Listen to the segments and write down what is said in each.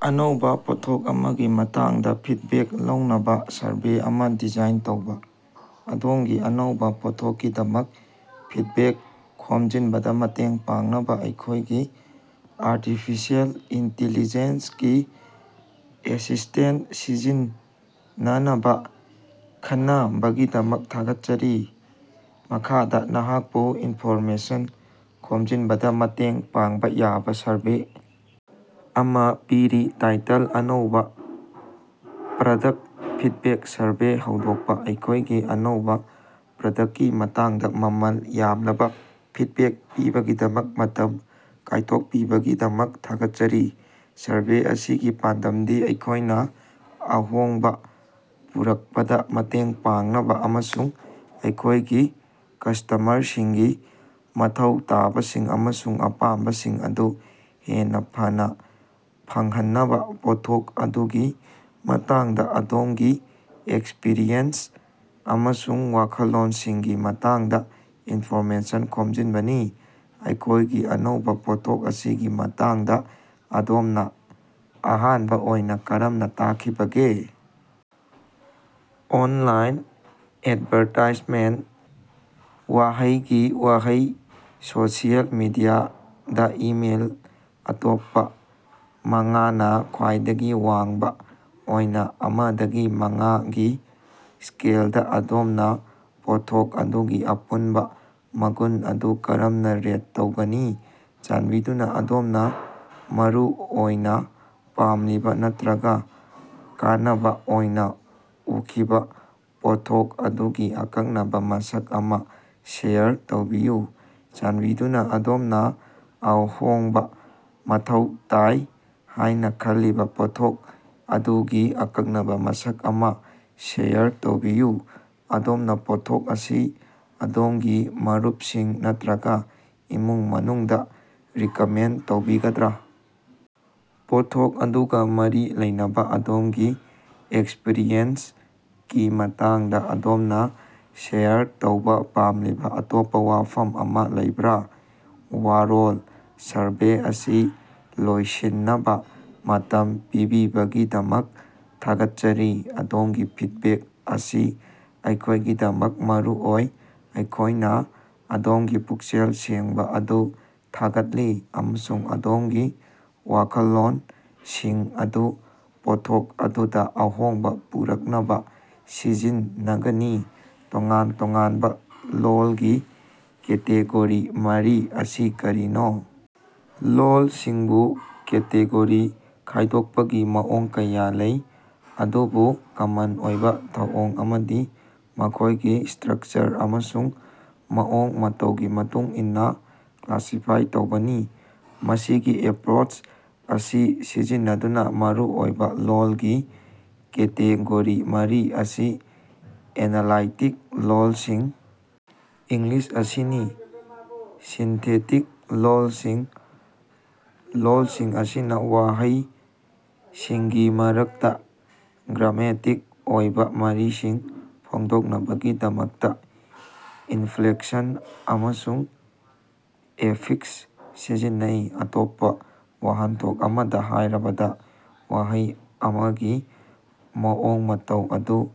ꯑꯅꯧꯕ ꯄꯣꯠꯊꯣꯛ ꯑꯃꯒꯤ ꯃꯇꯥꯡꯗ ꯐꯤꯗꯕꯦꯛ ꯂꯧꯅꯕ ꯁꯔꯚꯦ ꯑꯃ ꯗꯤꯖꯥꯏꯟ ꯇꯧꯕ꯫ ꯑꯗꯣꯝꯒꯤ ꯑꯅꯧꯕ ꯄꯣꯠꯊꯣꯛꯀꯤꯗꯃꯛ ꯐꯤꯗꯕꯦꯛ ꯈꯣꯝꯖꯤꯟꯕꯗ ꯃꯇꯦꯡ ꯄꯥꯡꯅꯕ ꯑꯩꯈꯣꯏꯒꯤ ꯑꯥꯔꯇꯤꯐꯤꯁꯤꯑꯦꯜ ꯏꯟꯇꯤꯂꯤꯖꯦꯟꯁ ꯀꯤ ꯑꯦꯁꯤꯁꯇꯦꯟꯇ ꯁꯤꯖꯤꯟꯅꯅꯕ ꯈꯟꯅꯕꯒꯤꯗꯃꯛ ꯊꯥꯒꯠꯆꯔꯤ꯫ ꯃꯈꯥꯗ ꯅꯍꯥꯛꯄꯨ ꯏꯟꯐꯣꯔꯃꯦꯁꯟ ꯈꯣꯝꯖꯤꯟꯕꯗ ꯃꯇꯦꯡ ꯄꯥꯡꯕ ꯌꯥꯕ ꯁꯔꯚꯦ ꯑꯃ ꯄꯤꯔꯤ, ꯇꯥꯏꯇꯜ - ꯑꯅꯧꯕꯥ ꯄ꯭ꯔꯗꯛꯇ ꯐꯤꯗꯕꯦꯛ ꯁꯔꯚꯦ ꯍꯧꯗꯣꯛꯄ - ꯑꯩꯈꯣꯏꯒꯤ ꯑꯅꯧꯕꯥ ꯄ꯭ꯔꯗꯛꯇꯀꯤ ꯃꯇꯥꯡꯗ ꯃꯃꯜ ꯌꯥꯝꯂꯕ ꯐꯤꯗꯕꯦꯛ ꯄꯤꯕꯒꯤꯗꯃꯛ ꯃꯇꯝ ꯀꯥꯏꯊꯣꯛꯄꯤꯕꯒꯤꯗꯃꯛ ꯊꯥꯒꯠꯆꯔꯤ꯫ ꯁꯔꯚꯦ ꯑꯁꯤꯒꯤ ꯄꯥꯟꯗꯝꯗꯤ ꯑꯩꯈꯣꯏꯅ ꯑꯍꯣꯡꯕ ꯄꯨꯔꯛꯄꯗ ꯃꯇꯦꯡ ꯄꯥꯡꯅꯕ ꯑꯃꯁꯨꯡ ꯑꯩꯈꯣꯏꯒꯤ ꯀꯁ꯭ꯇꯃꯔꯁꯤꯡꯒꯤ ꯃꯊꯧ ꯇꯥꯕꯁꯤꯡ ꯑꯃꯁꯨꯡ ꯑꯄꯥꯝꯕꯁꯤꯡ ꯑꯗꯨ ꯍꯦꯟꯅ ꯐꯅꯥ ꯐꯪꯍꯟꯅꯕ ꯄꯣꯠꯊꯣꯛ ꯑꯗꯨꯒꯤ ꯃꯇꯥꯡꯗ ꯑꯗꯣꯝꯒꯤ ꯑꯦꯛꯁꯄ꯭ꯔꯤꯌꯦꯟꯁ ꯑꯃꯁꯨꯡ ꯋꯥꯈꯜꯂꯣꯟꯁꯤꯡꯒꯤ ꯃꯇꯥꯡꯗ ꯏꯟꯐꯣꯔꯃꯦꯁꯟ ꯈꯣꯝꯖꯤꯟꯕꯅꯤ꯫ ꯑꯩꯈꯣꯏꯒꯤ ꯑꯅꯧꯕ ꯄꯣꯠꯊꯣꯛ ꯑꯁꯤꯒꯤ ꯃꯇꯥꯡꯗ ꯑꯗꯣꯝꯅ ꯑꯍꯥꯟꯕ ꯑꯣꯏꯅ ꯀꯔꯝꯅ ꯇꯥꯈꯤꯕꯒꯦ? ꯑꯣꯟꯂꯥꯏꯟ ꯑꯦꯗꯚꯥꯔꯇꯥꯏꯖꯃꯦꯟꯇ ꯋꯥꯍꯩꯒꯤ ꯋꯥꯍꯩ ꯁꯣꯁꯤꯌꯦꯜ ꯃꯤꯗꯤꯌꯥꯗ ꯏꯃꯦꯜ ꯑꯇꯣꯞꯄ ꯃꯉꯥꯅ ꯈ꯭ꯋꯥꯏꯗꯒꯤ ꯋꯥꯡꯕ ꯑꯣꯏꯅ ꯑꯃ ꯗꯒꯤ ꯃꯉꯥꯒꯤ ꯁ꯭ꯀꯦꯜꯗ, ꯑꯗꯣꯝꯅ ꯄꯣꯠꯊꯣꯛ ꯑꯗꯨꯒꯤ ꯑꯄꯨꯟꯕ ꯃꯒꯨꯟ ꯑꯗꯨ ꯀꯔꯝꯅ ꯔꯦꯠ ꯇꯧꯒꯅꯤ? ꯆꯥꯟꯕꯤꯗꯨꯅ ꯑꯗꯣꯝꯅ ꯃꯔꯨꯑꯣꯏꯅ ꯄꯥꯝꯂꯤꯕ ꯅꯠꯇꯔꯒ ꯀꯥꯟꯅꯕ ꯑꯣꯏꯅ ꯎꯈꯤꯕ ꯄꯣꯠꯊꯣꯛ ꯑꯗꯨꯒꯤ ꯑꯀꯛꯅꯕ ꯃꯁꯛ ꯑꯃ ꯁꯦꯌꯔ ꯇꯧꯕꯤꯌꯨ ꯫ꯆꯥꯟꯕꯤꯗꯨꯅ ꯑꯗꯣꯝꯅ ꯑꯍꯣꯡꯕ ꯃꯊꯧ ꯇꯥꯏ ꯍꯥꯏꯅ ꯈꯜꯂꯤꯕ ꯄꯣꯠꯊꯣꯛ ꯑꯗꯨꯒꯤ ꯑꯀꯛꯅꯕꯥ ꯃꯁꯛ ꯑꯃ ꯁꯦꯌꯔ ꯇꯧꯕꯤꯌꯨ꯫ ꯑꯗꯣꯝꯅ ꯄꯣꯠꯊꯣꯛ ꯑꯁꯤ ꯑꯗꯣꯝꯒꯤ ꯃꯔꯨꯞꯁꯤꯡ ꯅꯠꯇꯔꯒ ꯏꯃꯨꯡ ꯃꯅꯨꯡꯗ ꯔꯤꯀꯃꯦꯟꯗ ꯇꯧꯕꯤꯒꯗ꯭ꯔꯥ? ꯄꯣꯠꯊꯣꯛ ꯑꯗꯨꯒ ꯃꯔꯤ ꯂꯩꯅꯕꯥ ꯑꯗꯣꯝꯒꯤ ꯑꯦꯛꯁꯄ꯭ꯔꯤꯌꯦꯟꯁꯀꯤ ꯃꯇꯥꯡꯗ ꯑꯗꯣꯝꯅ ꯁꯦꯌꯔ ꯇꯧꯕ ꯄꯥꯝꯂꯤꯕ ꯑꯇꯣꯞꯄ ꯋꯥꯐꯝ ꯑꯃ ꯂꯩꯕꯔꯥ? ꯋꯥꯔꯣꯜ- ꯁꯔꯚꯦ ꯑꯁꯤ ꯂꯣꯏꯁꯤꯟꯅꯕ ꯃꯇꯝ ꯄꯤꯕꯤꯕꯒꯤꯗꯃꯛ ꯊꯥꯒꯠꯆꯔꯤ, ꯑꯗꯣꯝꯒꯤ ꯐꯤꯗꯕꯦꯛ ꯑꯁꯤ ꯑꯩꯈꯣꯏꯒꯤꯗꯃꯛ ꯃꯔꯨ ꯑꯣꯏ꯫ ꯑꯩꯈꯣꯏꯅ ꯑꯗꯣꯝꯒꯤ ꯄꯨꯛꯆꯦꯜ ꯁꯦꯡꯕ ꯑꯗꯨ ꯊꯥꯒꯠꯂꯤ ꯑꯃꯁꯨꯡ ꯑꯗꯣꯝꯒꯤ ꯋꯥꯈꯜꯂꯣꯟꯁꯤꯡ ꯑꯗꯨ ꯄꯣꯠꯊꯣꯛ ꯑꯗꯨꯗ ꯑꯍꯣꯡꯕ ꯄꯨꯔꯛꯅꯕ ꯁꯤꯖꯤꯟꯅꯒꯅꯤ꯫ ꯇꯣꯉꯥꯟ-ꯇꯣꯉꯥꯟꯕ ꯂꯣꯜꯒꯤ ꯀꯦꯇꯦꯒꯣꯔꯤ ꯃꯔꯤ ꯑꯁꯤ ꯀꯔꯤꯅꯣ? ꯂꯣꯜꯁꯤꯡꯕꯨ ꯀꯦꯇꯦꯒꯣꯔꯤ ꯈꯥꯏꯗꯣꯛꯄꯒꯤ ꯃꯑꯣꯡ ꯀꯌꯥ ꯂꯩ, ꯑꯗꯨꯕꯨ ꯀꯃꯟ ꯑꯣꯏꯕ ꯊꯧꯑꯣꯡ ꯑꯃꯗꯤ ꯃꯈꯣꯏꯒꯤ ꯁ꯭ꯇꯔꯛꯆꯔ ꯑꯃꯁꯨꯡ ꯃꯑꯣꯡ ꯃꯇꯧꯒꯤ ꯃꯇꯨꯡ ꯏꯟꯅ ꯀ꯭ꯂꯥꯁꯤꯐꯥꯏ ꯇꯧꯕꯅꯤ꯫ ꯃꯁꯤꯒꯤ ꯑꯦꯄ꯭ꯔꯣꯆ ꯑꯁꯤ ꯁꯤꯖꯤꯟꯅꯗꯨꯅ ꯃꯔꯨ ꯑꯣꯏꯕ ꯂꯣꯜꯒꯤ ꯀꯦꯇꯦꯒꯣꯔꯤ ꯃꯔꯤ ꯑꯁꯤ - ꯑꯦꯅꯥꯂꯥꯏꯇꯤꯛ ꯂꯣꯜꯁꯤꯡ ꯏꯪꯂꯤꯁ ꯑꯁꯤꯅꯤ꯫ ꯁꯤꯟꯊꯦꯇꯤꯛ ꯂꯣꯜꯁꯤꯡ -ꯂꯣꯜꯁꯤꯡ ꯑꯁꯤꯅ ꯋꯥꯍꯩꯁꯤꯡꯒꯤ ꯃꯔꯛꯇ ꯒ꯭ꯔꯥꯃꯦꯇꯤꯛ ꯑꯣꯏꯕꯥ ꯃꯔꯤꯁꯤꯡ ꯐꯣꯡꯗꯣꯛꯅꯕꯒꯤꯗꯃꯛꯇ ꯏꯟꯐ꯭ꯂꯦꯛꯁꯟ ꯑꯃꯁꯨꯡ ꯑꯦꯐꯤꯛꯁ ꯁꯤꯖꯤꯟꯅꯩ꯫ ꯑꯇꯣꯞꯄꯥ ꯋꯥꯍꯟꯊꯣꯛ ꯑꯃꯗꯥ ꯍꯥꯏꯔꯕꯗꯥ, ꯋꯥꯍꯩ ꯑꯃꯒꯤ ꯃꯑꯣꯡ ꯃꯇꯧ ꯑꯗꯨ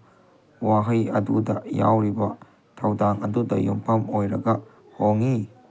ꯋꯥꯍꯩ ꯑꯗꯨꯗꯥ ꯌꯥꯎꯔꯤꯕꯥ ꯊꯧꯗꯥꯡ ꯑꯗꯨꯗꯥ ꯌꯨꯝꯐꯝ ꯑꯣꯏꯔꯒꯥ ꯍꯣꯡꯏ꯫